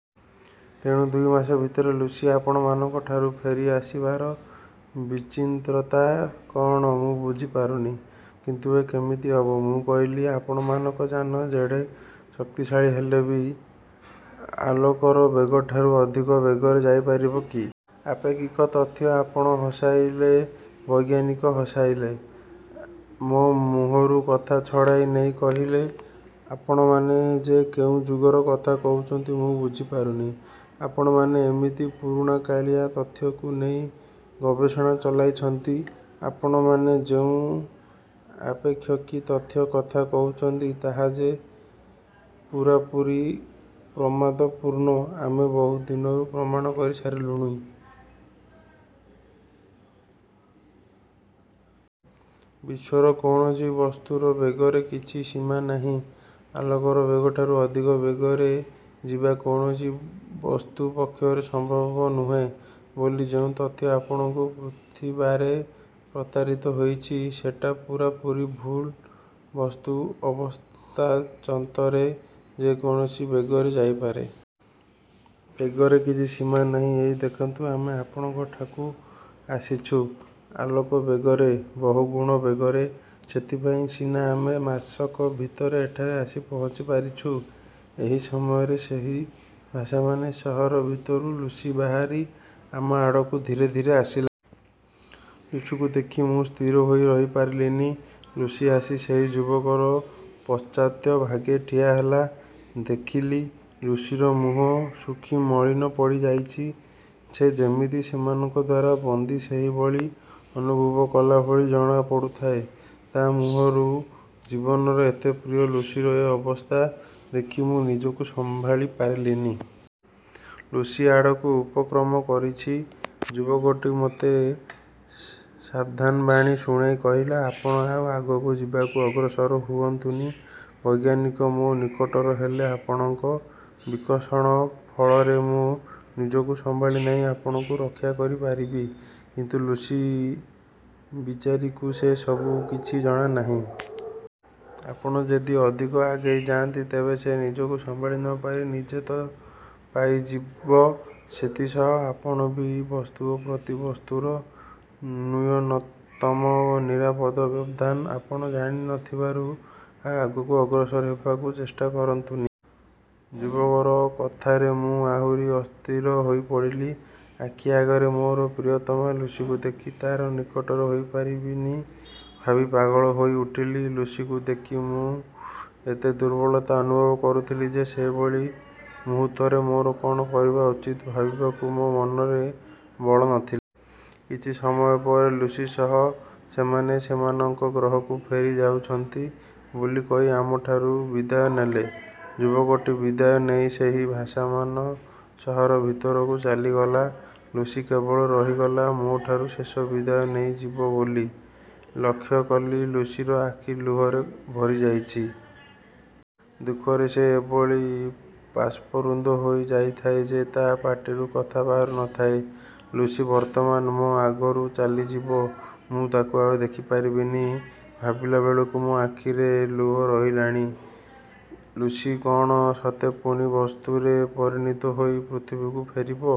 ତେଣୁ ଦୁଇ ମାସ ଭିତରେ ଲୁସି ଆପଣ ମାନଙ୍କଠାରୁ ଫେରି ଆସିବାର ବିଚିନ୍ତ୍ରତା କଅଣ ମୁଁ ବୁଝି ପାରୁନି। 'କିନ୍ତୁ ଏ କେମିତି ହେବ? '' ମୁଁ କହିଲି, ''ଆପଣମାନଙ୍କ ଯାନ ଯେଡ଼େ ଶକ୍ତିଶାଳୀ ହେଲେ ବି ଆଲୋକର ବେଗଠାରୁ ଅଧିକ ବେଗରେ ଯାଇପାରିବ କି? ଆପେକ୍ଷିକ ତଥ୍ୟ–'' ''ଆପଣ ହସାଇଲେ ବୈଜ୍ଞାନିକ, ହସାଇଲେ। '' ମୋ ମୁହରୁ କଥା ଛଡ଼ାଇ ନେଇ କହିଲେ, ଆପଣମାନେ ଯେ କେଉଁ ଯୁଗର କଥା କହୁଛନ୍ତି, ମୁଁ ବୁଝି ପାରୁନି। ଆପଣମାନେ ଏମିତି ପୁରୁଣାକାଳିଆ ତଥ୍ୟକୁ ନେଇ ଗବେଷଣା ଚଳାଇଛନ୍ତି। ଆପଣମାନେ ଯେଉଁ ଆପେକ୍ଷିକ ତଥ୍ୟ କଥା କହୁଛନ୍ତି, ତାହା ଯେ ପୂରାପୂରି ପ୍ରମାଦପୂର୍ଣ୍ଣ ଆମେ ବହୁ ଦିନରୁ ପ୍ରମାଣ କରି ସାରିଲୁଣି। ବିଶ୍ୱର କୌଣସି ବସ୍ତୁର ବେଗର କିଛି ସୀମା ନାହିଁ। ଆଲୋକର ବେଗଠାରୁ ଅଧିକ ବେଗରେ ଯିବା କୌଣସି ବସ୍ତୁ ପକ୍ଷରେ ସମ୍ଭବ ନୁହେଁ ବୋଲି ଯେଉଁ ତଥ୍ୟ ଆପଣଙ୍କ ପୃଥିବାରେ ପ୍ରଚାରିତ ହୋଇଛି, ସେଟା ପୂରାପୂରି ଭୁଲ୍। ବସ୍ତୁ ଅବସ୍ଥାଚନ୍ତ୍ରରେ ଯେ କୌଣସି ବେଗରେ ଯାଇପାରେ। ବେଗର କିଛି ସୀମା ନାହିଁ। ଏହି ଦେଖନ୍ତୁ, ଆମେ ଆପଣଙ୍କଠାକୁ ଆସିଛୁ, ଆଲୋକବେଗରେ ବହୁ ଗୁଣ ବେଗରେ। ସେଥିପାଇଁ ସିନା ଆମେ ମାସକ ଭିତରେ ଏଠାରେ ଆସି ପହଞ୍ଚି ପାରିଛୁ। '' ଏହି ସମୟରେ ସେହି ଭାସମାନେ ସହର ଭିତରୁ ଲୁସି ବାହାରି ଆମ ଆଡ଼କୁ ଧୀରେ ଧୀରେ ଆସିଲା। ଲୁସିକୁ ଦେଖି ମୁଁ ସ୍ଥିର ହୋଇ ରହିପାରିଲିନି। ଲୁସି ଆସି ସେହି ଯୁବକର ପଶ୍ଚାତ୍ ଭାଗେ ଠିଆହେଲା। ଦେଖିଲି ଲୁସିର ମୁହଁ ଶୁଖି ମଳିନ ପଡ଼ିଯାଇଛି। ସେ ଯେମିତି ସେମାନଙ୍କ ଦ୍ୱାରା ବନ୍ଦୀ, ସେହିଭଳି ଅନୁଭବ କଲା ଭଳି ଜଣା ପଡ଼ୁଥାଏ ତା ମୁହଁରୁ। ଜୀବନର ଏତେ ପ୍ରିୟ ଲୁସିର ଏ ଅବସ୍ଥା ଦେଖି ମୁଁ ନିଜକୁ ସମ୍ଭାଳି ପାରିଲିନି। ଲୁସି ଆଡ଼କୁ ଉପକ୍ରମ କରିଛି, ଯୁବକଟି ମୋତେ ସାବଧାନବାଣୀ ଶୁଣାଇ କହିଲା, ''ଆପଣ ଆଉ ଆଗକୁ ଯିବାକୁ ଅଗ୍ରସର ହୁଅନ୍ତୁନି ବୈଜ୍ଞାନିକ, ମୋ ନିକଟର ହେଲେ ଆପଣଙ୍କ ବିକର୍ଷଣ ଫଳରେ ମୁଁ ନିଜକୁ ସମ୍ଭାଳି ନେଇ ଆପଣଙ୍କୁ ରକ୍ଷା କରି ପାରିବି, କିନ୍ତୁ ଲୁସି ବିଚାରୀକୁ ସେ ସବୁ କିଛି ଜଣା ନାହିଁ। ଆପଣ ଯଦି ଅଧିକ ଆଗେଇ ଯାନ୍ତି, ତେବେ ସେ ନିଜକୁ ସମ୍ଭାଳି ନ ପାରି ନିଜେ ତ ପାଇଯିବ, ସେଥିସହ ଆପଣ ବି। ବସ୍ତୁ ଓ ପ୍ରତି ବସ୍ତୁର ନ୍ୟୂନତମ ନିରାପଦ ବ୍ୟବଧାନ ଆପଣ ଜାଣି ନ ଥିବାରୁ ଆଉ ଆଗକୁ ଅଗ୍ରସର ହେବାକୁ ଚେଷ୍ଟା କରନ୍ତୁନି। ଯୁବକର କଥାରେ ମୁଁ ଆହୁରି ଅସ୍ଥିର ହୋଇ ପଡ଼ିଲି। ଆଖି ଆଗରେ ମୋର ପ୍ରିୟତମା ଲୁସିକୁ ଦେଖି ତା'ର ନିକଟର ହୋଇପାରିବିନି ଭାବି ପାଗଳ ହୋଇଉଠିଲି? ଲୁସିକୁ ଦେଖି ମୁଁ ଏତେ ଦୁର୍ବଳତା ଅନୁଭବ କରୁଥିଲି ଯେ ସେଭଳି ମୁହୂର୍ତ୍ତରେ ମୋର କ'ଣ କରିବା ଉଚିତ୍ ଭାବିବାକୁ ମୋ ମନରେ ବଳ ନ ଥିଲା। କିଛି ସମୟ ପରେ ଲୁସି ସହ ସେମାନେ ସେମାନଙ୍କ ଗ୍ରହକୁ ଫେରି ଯାଉଛନ୍ତି ବୋଲି କହି ଆମଠାରୁ ବିଦାୟ ନେଲେ। ଯୁବକଟି ବିଦାୟ ନେଇ ସେହି ଭାସମାନ ସହର ଭିତରକୁ ଚାଲିଗଲା। ଲୁସି କେବଳ ରହିଗଲା ମୋଠାରୁ ଶେଷ ବିଦାୟ ନେଇ ଯିବ ବୋଲି। ଲକ୍ଷ୍ୟ କଲି, ଲୁସିର ଆଖି ଲୁହରେ ଭରିଯାଇଛି। ଦୁଃଖରେ ସେ ଏଭଳି ବାଷ୍ପରୁଦ୍ଧ ହୋଇ ଯାଇଥାଏ ଯେ ତା ପାଟିରୁ କଥା ବାହାରୁ ନ ଥାଏ ଲୁସି ବର୍ତ୍ତମାନ ମୋ ଆଗରୁ ଚାଲିଯିବ, ମୁଁ ତାକୁ ଆଉ ଦେଖିପାରିବିନି, ଭାବିଲାବେଳକୁ ମୋ ଆଖିରେ ଲୁହ ରହିଲାନି। ଲୁସି କ'ଣ ସତେ ପୁଣି ବସ୍ତୁରେ ପରିଣତ ହୋଇ ପୃଥିବୀକୁ ଫେରିବ,